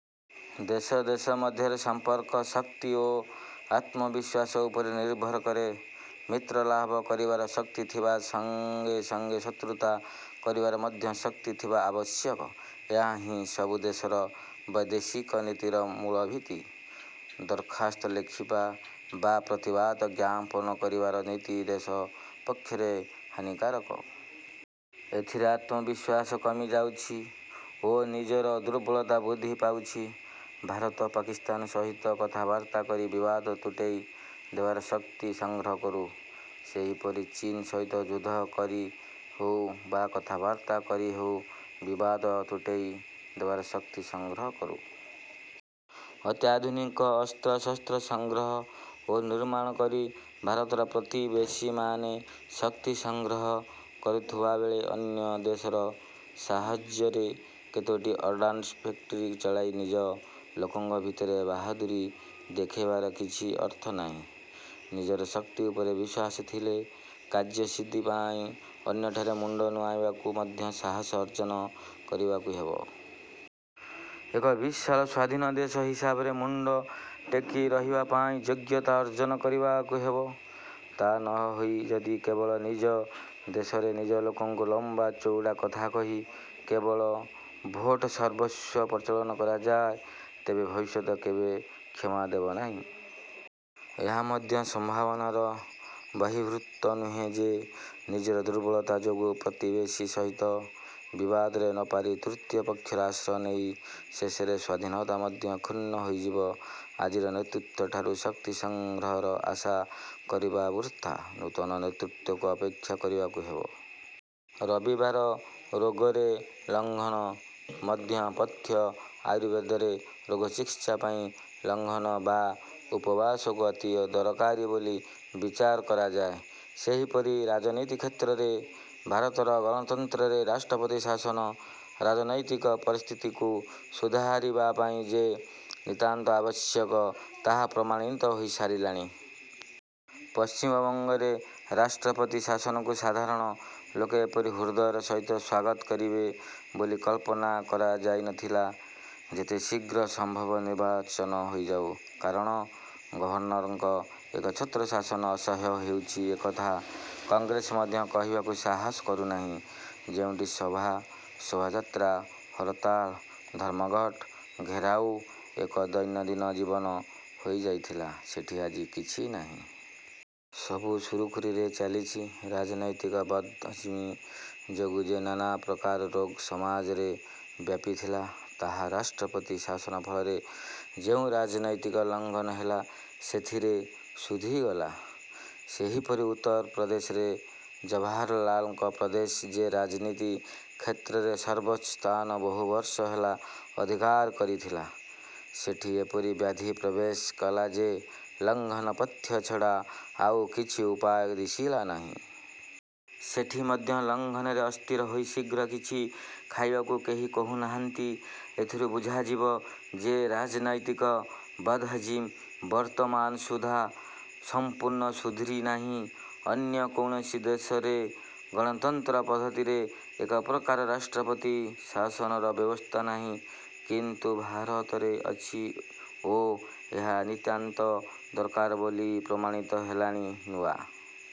ଦେଶ ଦେଶ ମଧ୍ୟରେ ସମ୍ପର୍କ, ଶକ୍ତି ଓ ଆତ୍ମବିଶ୍ୱାସ ଉପରେ ନିର୍ଭର କରେ। ମିତ୍ରଲାଭ କରିବାର ଶକ୍ତି ଥିବା ସଙ୍ଗେ ସଙ୍ଗେ ଶତ୍ରୁତା କରିବାର ମଧ୍ୟ ଶକ୍ତି ଥିବା ଆବଶ୍ୟକ। ଏହା ହିଁ ସବୁ ଦେଶର ବୈଦେଶିକ ନୀତିର ମୂଳଭିତ୍ତି। ଦରଖାସ୍ତ ଲେଖିବା ବା ପ୍ରତିବାଦ ଜ୍ଞାପନ କରିବାର ନୀତି ଦେଶ ପକ୍ଷରେ ହାନିକାରକ। ଏଥିରେ ଆତ୍ମବିଶ୍ୱାସ କମିଯାଉଛି ଓ ନିଜର ଦୁର୍ବଳତା ବୃଦ୍ଧି ପାଉଛି। ଭାରତ ପାକିସ୍ତାନ ସହିତ କଥାବାର୍ତ୍ତା କରି ବିବାଦ ତୁଟେଇ ଦେବାର ଶକ୍ତି ସଂଗ୍ରହ କରୁ-। ସେହିପରି ଚୀନ ସହିତ ଯୁଦ୍ଧ କରି ହେଉ ବା କଥାବାର୍ତ୍ତା କରି ହେଉ ବିବାଦ ତୁଟେଇ ଦେବାର ଶକ୍ତି ସଂଗ୍ରହ କରୁ। ଅତ୍ୟାଧୁନିକ ଅସ୍ତ୍ରଶସ୍ତ୍ର ସଂଗ୍ରହ ଓ ନିର୍ମାଣ କରି ଭାରତର ପ୍ରତିବେଶୀମାନେ ଶକ୍ତି ସଂଗ୍ରହ କରୁଥିବାବେଳେ, ଅନ୍ୟ ଦେଶର ସାହଚର୍ଯ୍ୟରେ କେତୋଟି ଅର୍ଡ଼ାନ୍ସ ଫେକ୍ଟରି ଚଳାଇ ନିଜ ଲୋକଙ୍କ ଭିତରେ ବାହାଦୂରୀ ଦେଖାଇବାର କିଛି ଅର୍ଥ ନାହିଁ। ନିଜର ଶକ୍ତି ଉପରେ ବିଶ୍ୱାସ ଥିଲେ କାର୍ଯ୍ୟସିଦ୍ଧି ପାଇଁ ଅନ୍ୟଠାରେ ମୁଣ୍ଡ ନୁଆଁଇବାକୁ ମଧ୍ୟ ସାହସ ଅର୍ଜ୍ଜନ କରିବାକୁ ହେବ। ଏକ ବିଶାଳ ସ୍ୱାଧୀନ ଦେଶ ହିସାବରେ ମୁଣ୍ଡ ଟେକି ରହିବାପାଇଁ ଯୋଗ୍ୟତା ଅର୍ଜ୍ଜନ କରିବାକୁ ହେବ। ତା' ନ ହୋଇ ଯଦି କେବଳ ନିଜ ଦେଶରେ ନିଜ ଲୋକକୁ ଲମ୍ବା ଚୌଡ଼ା କଥା କହି କେବଳ ଭୋଟସର୍ବସ୍ୱ ପ୍ରଚଳନ କରାଯାଏ, ତେବେ ଭବିଷ୍ୟତ କେବେ କ୍ଷମା ଦେବନାହିଁ-। ଏହା ମଧ୍ୟ ସମ୍ଭାବନାର ବହିର୍ଭୂତ ନୁହେଁ ଯେ ନିଜର ଦୁର୍ବଳତା ଯୋଗୁଁ ପ୍ରତିବେଶୀ ସହିତ ବିବାଦରେ ନପାରି ତୃତୀୟ ପକ୍ଷର ଆଶ୍ରୟ ନେଇ ଶେଷରେ ସ୍ୱାଧୀନତା ମଧ୍ୟ କ୍ଷୁଣ୍ଣ ହୋଇଯିବ-। ଆଜିର ନେତୃତ୍ୱଠାରୁ ଶକ୍ତି ସଂଗ୍ରହର ଆଶା କରିବା ବୃଥା। ନୂତନ ନେତୃତ୍ୱକୁ ଅପେକ୍ଷା କରିବାକୁ ହେବ-। ରବିବାର ରୋଗରେ ଲଙ୍ଘନ। ମଧ୍ୟ ପଥ୍ୟ ଆୟୁର୍ବେଦରେ ରୋଗ ଚିକିତ୍ସା ପାଇଁ ଲଂଘନ ବା ଉପବାସକୁ ଅତି ଦରକାରୀ ବୋଲି ବିଚାର କରାଯାଏ। ସେହିପରି ରାଜନୀତି କ୍ଷେତ୍ରରେ ଭାରତର ଗଣତନ୍ତ୍ରରେ ରାଷ୍ଟ୍ରପତି ଶାସନ ରାଜନୈତିକ ପରିସ୍ଥିତିକୁ ସୁଧାରିବାପାଇଁ ଯେ ନିତାନ୍ତ ଆବଶ୍ୟକ, ତାହା ପ୍ରମାଣିତ ହୋଇସାରିଲାଣି-। ପଶ୍ଚିମବଙ୍ଗରେ ରାଷ୍ଟ୍ରପତି ଶାସନକୁ ସାଧାରଣ ଲୋକେ ଏପରି ହୃଦୟର ସହିତ ସ୍ୱାଗତ କରିବେ ବୋଲି କଳ୍ପନା କରାଯାଇନଥିଲା। ଯେତେ ଶୀଘ୍ର ସମ୍ଭବ ନିର୍ବାଚନ ହୋଇଯାଉ; କାରଣ ଗଭର୍ଣ୍ଣରଙ୍କ ଏକଛତ୍ର ଶାସନ ଅସହ୍ୟ ହେଉଛି, ଏକଥା କଂଗ୍ରେସ ମଧ୍ୟ କହିବାକୁ ସାହସ କରୁନାହିଁ-। ଯେଉଁଠି ସଭା, ଶୋଭାଯାତ୍ରା, ହରତାଳ, ଧର୍ମଘଟ, ଘେରାଉ ଏକ ଦୈନନ୍ଦିନ ଜୀବନ ହୋଇଯାଇଥିଲା, ସେଠି ଆଜି କିଛି ନାହିଁ। ସବୁ ସୁରୁଖୁରୁରେ ଚାଲିଛି। ରାଜନୈତିକ ବଦ୍ହଜମି ଯୋଗୁ ଯେ ନାନାପ୍ରକାର ରୋଗ ସମାଜରେ ବ୍ୟାପିଥିଲା, ତାହା ରାଷ୍ଟ୍ରପତି ଶାସନ ଫଳରେ ଯେଉଁ ରାଜନୈତିକ ଲଂଘନ ହେଲା, ସେଥିରେ ସୁଧୁରିଗଲା। ସେହିପରି ଉତ୍ତର ପ୍ରଦେଶରେ-। ଜବାହରଲାଲଙ୍କ ପ୍ରଦେଶ ଯେ ରାଜନୀତି କ୍ଷେତ୍ରରେ ସର୍ବୋଚ୍ଚ ସ୍ଥାନ ବହୁ ବର୍ଷ ହେଲା ଅଧିକାର କରିଥିଲା, ସେଠି ଏପରି ବ୍ୟାଧି ପ୍ରବେଶ କଲା ଯେ ଲଂଘନ ପଥ୍ୟ ଛଡ଼ା ଆଉ କିଛି ଉପାୟ ଦିଶିଲା ନାହିଁ। ସେଠି ମଧ୍ୟ ଲଂଘନରେ ଅସ୍ଥିର ହୋଇ ଶୀଘ୍ର କିଛି ଖାଇବାକୁ କେହି କହୁନାହାନ୍ତି। ଏଥିରୁ ବୁଝାଯିବ ଯେ ରାଜନୈତିକ ବଦ୍ହଜମି ବର୍ତ୍ତମାନ ସୁଦ୍ଧା ସଂପୂର୍ଣ୍ଣ ସୁଧୁରିନାହିଁ। ଅନ୍ୟ କୌଣସି ଦେଶରେ ଗଣତନ୍ତ୍ର ପଦ୍ଧତିରେ ଏପ୍ରକାର ରାଷ୍ଟ୍ରପତି ଶାସନର ବ୍ୟବସ୍ଥା ନାହିଁ; କିନ୍ତୁ ଭାରତରେ ଅଛି ଓ ଏହା ନିତାନ୍ତ ଦରକାର ବୋଲି ପ୍ରମାଣିତ ହେଲାଣି। ନୂଆ